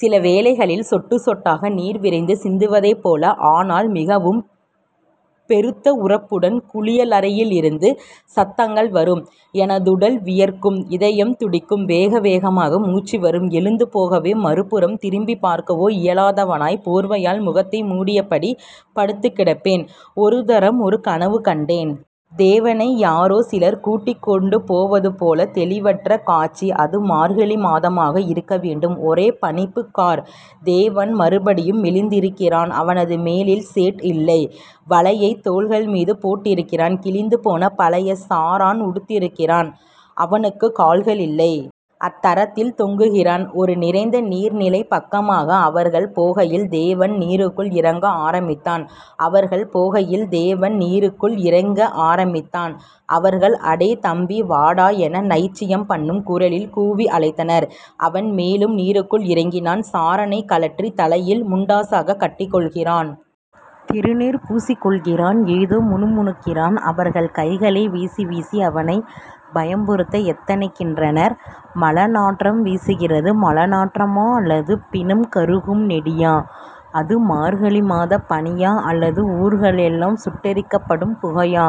சிலவேளைகளில் சொட்டுச் சொட்டாக நீர் விரைந்து சிந்துவதைப்போல, ஆனால் மிகவும் பெருத்த உரப்புடன் குளியலறையிலிருந்து சத்தங்கள் வரும். எனதுடல் வியர்க்கும். இதயம் துடிக்கும். வேகவேகமாக மூச்சு வரும். எழுந்து போகவோ மறுபுறம் திரும்பிப் பார்க்கவோ இயலாதவனாய் போர்வையால் முகத்தை மூடியபடி படுத்துக்கிடப்பேன். ஒரு தரம், ஒரு கனவு கண்டேன். தேவனை யாரோ சிலர் கூட்டிக் கொண்டு போவது போல தெளிவற்ற காட்சி. அது மார்கழி மாதமாக இருக்க வேண்டும். ஒரே பனிப்புகார். தேவன் மறுபடியும் மெலிந்திருக்கிறான். அவனது மேலில் சேட்இல்லை. வலையை தோள்கள் மீது போட்டிருக்கிறான். கிழிந்துபோன பழைய சாரன் உடுத்திருக்கிறான். அவனுக்கு கால்கள் இல்லை. அந்தரத்தில் தொங்குகிறான். ஒரு நிறைந்த நீர்நிலைப்பக்கமாக அவர்கள் போகையில் தேவன் நீருக்குள் இறங்க ஆரம்பித்தான். அவர்கள் போகையில் தேவன் நீருக்குள் இறங்க ஆரம்பித்தான். அவர்கள் அடே தம்பி... வாடா.. என நைச்சியம் பண்ணும் குரலில் கூவி அழைத்தனர். அவன் மேலும் நீருக்குள் இறங்குகிறான். சாரனை கழற்றி தலையில் முண்டாசாக கட்டிக்கொள்கிறான். திருநீறு பூசிக்கொள்கிறான். ஏதோ முணுமுணுக்கிறான். அவர்கள் கைகளை வீசி வீசி அவனைப் பயமுறுத்த எத்தனிக்கின்றனர். மலநாற்றம் வீசுகிறது. மலநாற்றமா அல்லது பிணம் கருகும் நெடியா? அது மார்கழி மாதப்பனியா, அல்லது ஊர்கள் எல்லாம் சுட்டெரிக்கப்படும் புகையா?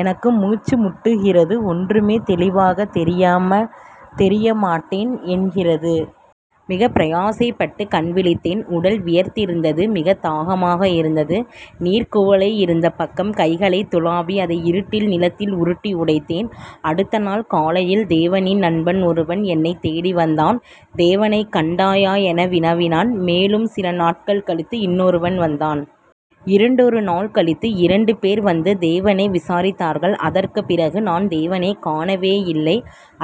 எனக்கு மூச்சு முட்டுகிறது. ஒன்றுமே தெளிவாகத் தெரியமா டேன் என்கிறது. மிகப் பிரயாசைப்பட்டு கண்விழித்தேன். உடல் வியர்த்திருந்தது. மிகத் தாகமாக இருந்தது. நீர்க்குவளை இருந்த பக்கம் கைகளைத் துளாவி அதை இருட்டில் நிலத்தில் உருட்டி உடைத்தேன். அடுத்த நாள் காலையில் தேவனின் நண்பன் ஒருவன் என்னைத் தேடிவந்தான். தேவனைக் கண்டாயா என வினாவினான். மேலும் சில நாட்கள் கழித்து இன்னொருவன் வந்தான். இரண்டொரு நாள் கழித்து இரண்டு பேர் வந்து தேவனை விசாரித்தார்கள். அதற்குப் பிறகு நான் தேவனைக் காணவேயில்லை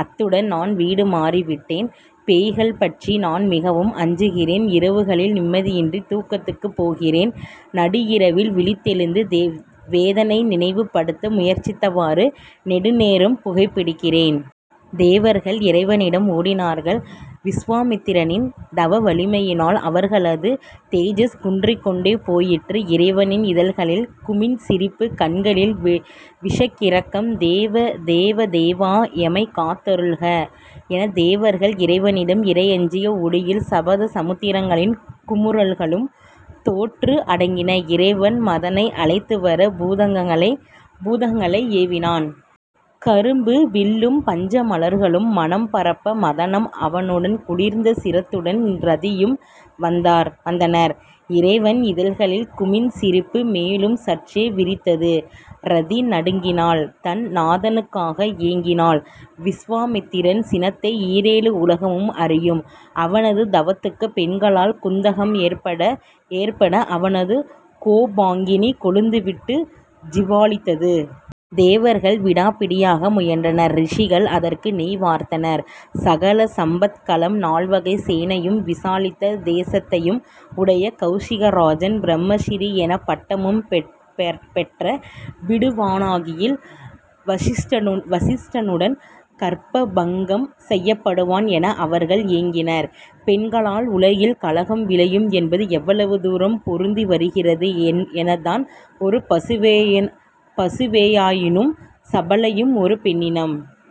அத்துடன் நான் வீடு மாறிவிட்டேன். பேய்கள் பற்றி நான் மிகவும் அஞ்சுகிறேன். இரவுகளில் நிம்மதியின்றி தூக்கத்துக்கு போகிறேன். நடுஇரவில் விழித்தெழுந்து வேதனை நினைவு படுத்த முயற்சித்தவாறு நெடுநேரம் புகைபிடிக்கிறேன். தேவர்கள் இறைவனிடம் ஓடினார்கள். விசுவாமித்தினின் தவவலிமையினால் அவர்களது தேஜஸ் குன்றிக் கொண்டே போயிற்று. இறைவனின் இதழ்களில் குமிண்சிரிப்பு. கண்களில் விஷக்கிறக்கம். தேவ தேவா.. எமைக் காத்தருள்க...என தேவர்கள் இறைவனிடம் இறைஞ்சிய ஒலியில் சப்த சமுத்திரங்களின் குமுறல்களும் தோற்று அடங்கின. இறைவன் மதனை அழைத்துவர பூதகனங்களை ஏவினான். கரும்பு வில்லும் பஞ்சமலர்களும் மணம் பரப்ப மதனம் அவனுடன் குளிந்த சிரத்துடன் ரதியும் வந்தனர். இறைவன் இதழ்களில் குமிண்சிரிப்பு மேலும் சற்றே விரிந்தது. ரதி நடுங்கினாள். தன் நாதனுக்காக ஏங்கினாள். விசுவாமித்திரன் சினத்தை ஈரேழு உலகமும் அறியும். அவனது தவத்துக்கு பெண்களால் குந்தகம் ஏற்பட ஏற்பட அவனது கோபாக்கினி கொழுந்துவிட்டு ஜ்வாலித்தது. தேவர்கள் விடாப்பிடியாக முயன்றனர். ரிஷிகள் அதற்கு நெய் வார்த்தனர். சகல சம்பத்துகளம் நால்வகைச் சேனையும் விசாலித்த தேசத்தையும் உடைய கெளசிகராஜன் பிரம்ம ரிஷி என பட்டமும் பெற்ற விடுவானாகில்.... வசிஷ்டன் கர்வபங்கம் செய்யப்படுவான் என அவர்கள் ஏங்கினர். பெண்களால் உலகில் கலகம் விளையும் என்பது எவ்வளவு தூரம் பொருந்தி வருகிறது. என்ன தான் ஒரு பசுவேயாயினும் சபலையும் ஒரு பெண்ணினம்